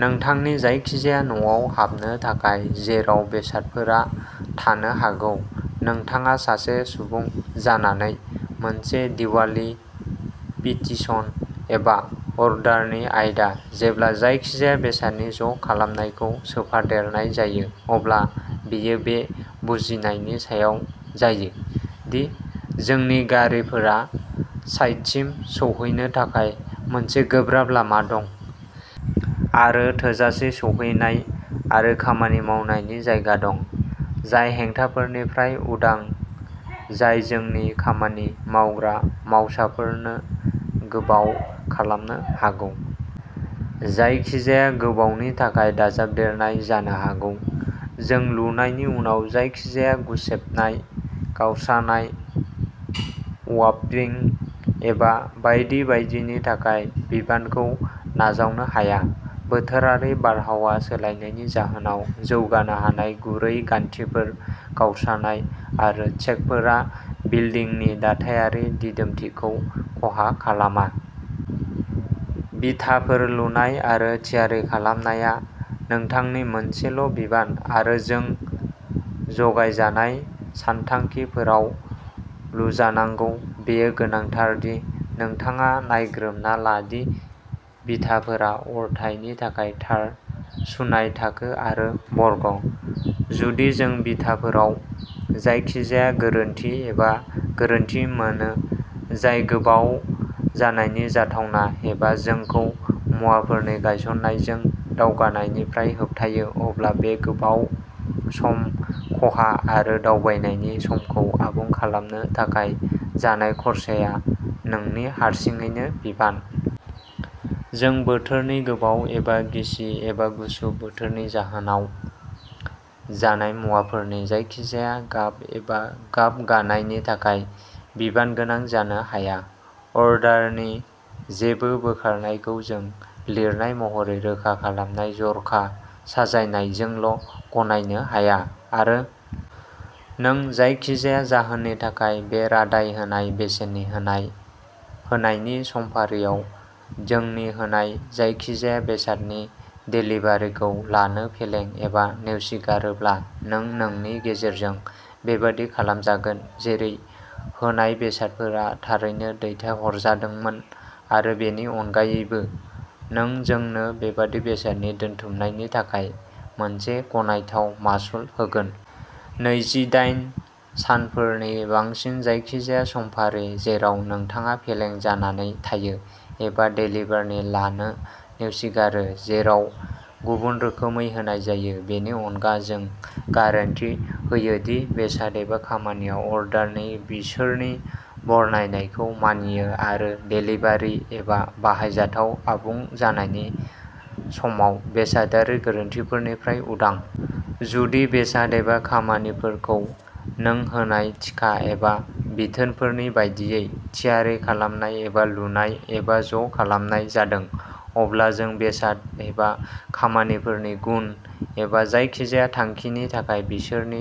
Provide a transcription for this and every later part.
नोंथांनि जायखिजाया न'आव हाबनो थाखाय जेराव बेसादफोरा थानो हागौ। नोंथाङा, सासे सुबुं जानानै, मोनसे दिवालि पिटीशन एबा अर्डारनि आयदा। जेब्ला जायखिजाया बेसादनि ज' खालामनायखौ सोफादेरनाय जायो, अब्ला बेयो बे बुजिनायनि सायाव जायो दि जोंनि गारिफोरा साइटसिम सौहैनो थाखाय मोनसे गोब्राब लामा दं आरो थोजासे सौहैनाय आरो खामानि मावनायनि जायगा दं, जाय हेंथाफोरनिफ्राय उदां जाय जोंनि खामानि मावग्रा मावसाफोरनो गोबाव खालामनो हागौ। जायखिजाया गोबावनि थाखाय दाजाबदेरनाय जानो हागौ। जों लुनायनि उनाव जायखिजाया गुसेबनाय, गावस्रानाय, अवार्पिं एबा बायदि बायदिनि थाखाय बिबानखौ नाजावनो हाया। बोथोरारि बारहावा सोलायनायनि जाहोनाव जौगानो हानाय गुरै गान्थिफोर, गावस्रानाय आरो शेकफोरा बिल्दिंनि दाथायारि दिदोमथिखौ खहा खालामा। बिथाफोर लुनाय आरो थियारि खालामनाया नोंथांनि मोनसेल' बिबान आरो जों जगायजानाय सानथांखिफोराव लुजानांगौ। बेयो गोनांथार दि नोंथाङा नायग्रोमना ला दि बिथाफोरा अरथाइनि थाखाय थार। सुनाय थाखो आरो बर्ग। जुदि, जों बिथाफोराव जायखिजाया गोरोन्थि एबा गोरोन्थि मोनो जाय गोबाव जानायनि जाथावना, एबा जोंखौ मुवाफोरनि गायसननायजों दावगानायनिफ्राय होबथायो, अब्ला बे गोबाव, सम खहा आरो दावबायनायनि समखौ आबुं खालामनो थाखाय जानाय खर्साया नोंनि हारसिङैनो बिबान। जों बोथोरनि गोबाव एबा गिसि एबा गुसु बोथोरनि जाहोनाव जानाय मुवाफोरनि जायखिजाया गाब एबा गाब गानायनि थाखाय बिबानगोनां जानो हाया। अर्डारनि जेबो बोखारनायखौ जों लिरनाय महरै रोखा खालामनाय जर'खा साजायनायजोंल' गनायनो हाया आरो नों जायखिजाया जाहोननि थाखाय बे रादाय होनाय बेसेननि होनाय होनायनि समफारियाव जोंनि होनाय जायखिजाया बेसादनि देलिभारिखौ लानो फेलें एबा नेवसिगारोब्ला नों नोंनि गेजेरजों बेबादि खालामजागोन जेरै होनाय बेसादफोरा थारैनो दैथायहरजादोंमोन आरो बेनि अनगायैबो नों जोंनो बेबादि बेसादनि दोनथुमनायनि थाखाय मोनसे गनायथाव मासुल होगोन। नैजिदाइ सानफोरनि बांसिन जायखिजाया समफारि जेराव नोंथाङा फेलें जानानै थायो एबा देलिभारि लानो नेवसिगारो। जेराव गुबुन रोखोमै होनाय जायो, बेनि अनगा, जों गारान्टि होयो दि बेसाद एबा खामानिया अर्डारनि बिसोरनि बरनायनायखौ मानियो आरो देलिभारि एबा बाहायजाथाव आबुं जानायनि समाव बेसादारि गोरोन्थिफोरनिफ्राय उदां। जुदि बेसाद एबा खामानिफोरखौ नों होनाय थिखा एबा बिथोनफोरनि बायदियै थियारि खालामनाय एबा लुनाय एबा ज' खालामनाय जादों अब्ला जों बेसाद एबा खामानिफोरनि गुन एबा जायखिजाया थांखिनि थाखाय बिसोरनि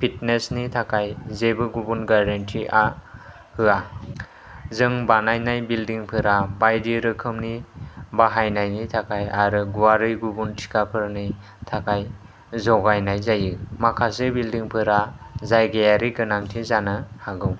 फिटनेसनि थाखाय जेबो गुबुन गारान्टिआ होआ। जों बानायनाय बिल्डिंफोरा बायदि रोखोमनि बाहायनायनि थाखाय आरो गुवारै गुबुन थिखाफोरनि थाखाय जगायनाय जायो। माखासे बिल्डिंफोरा जायगायारि गोनांथि जानो हागौ।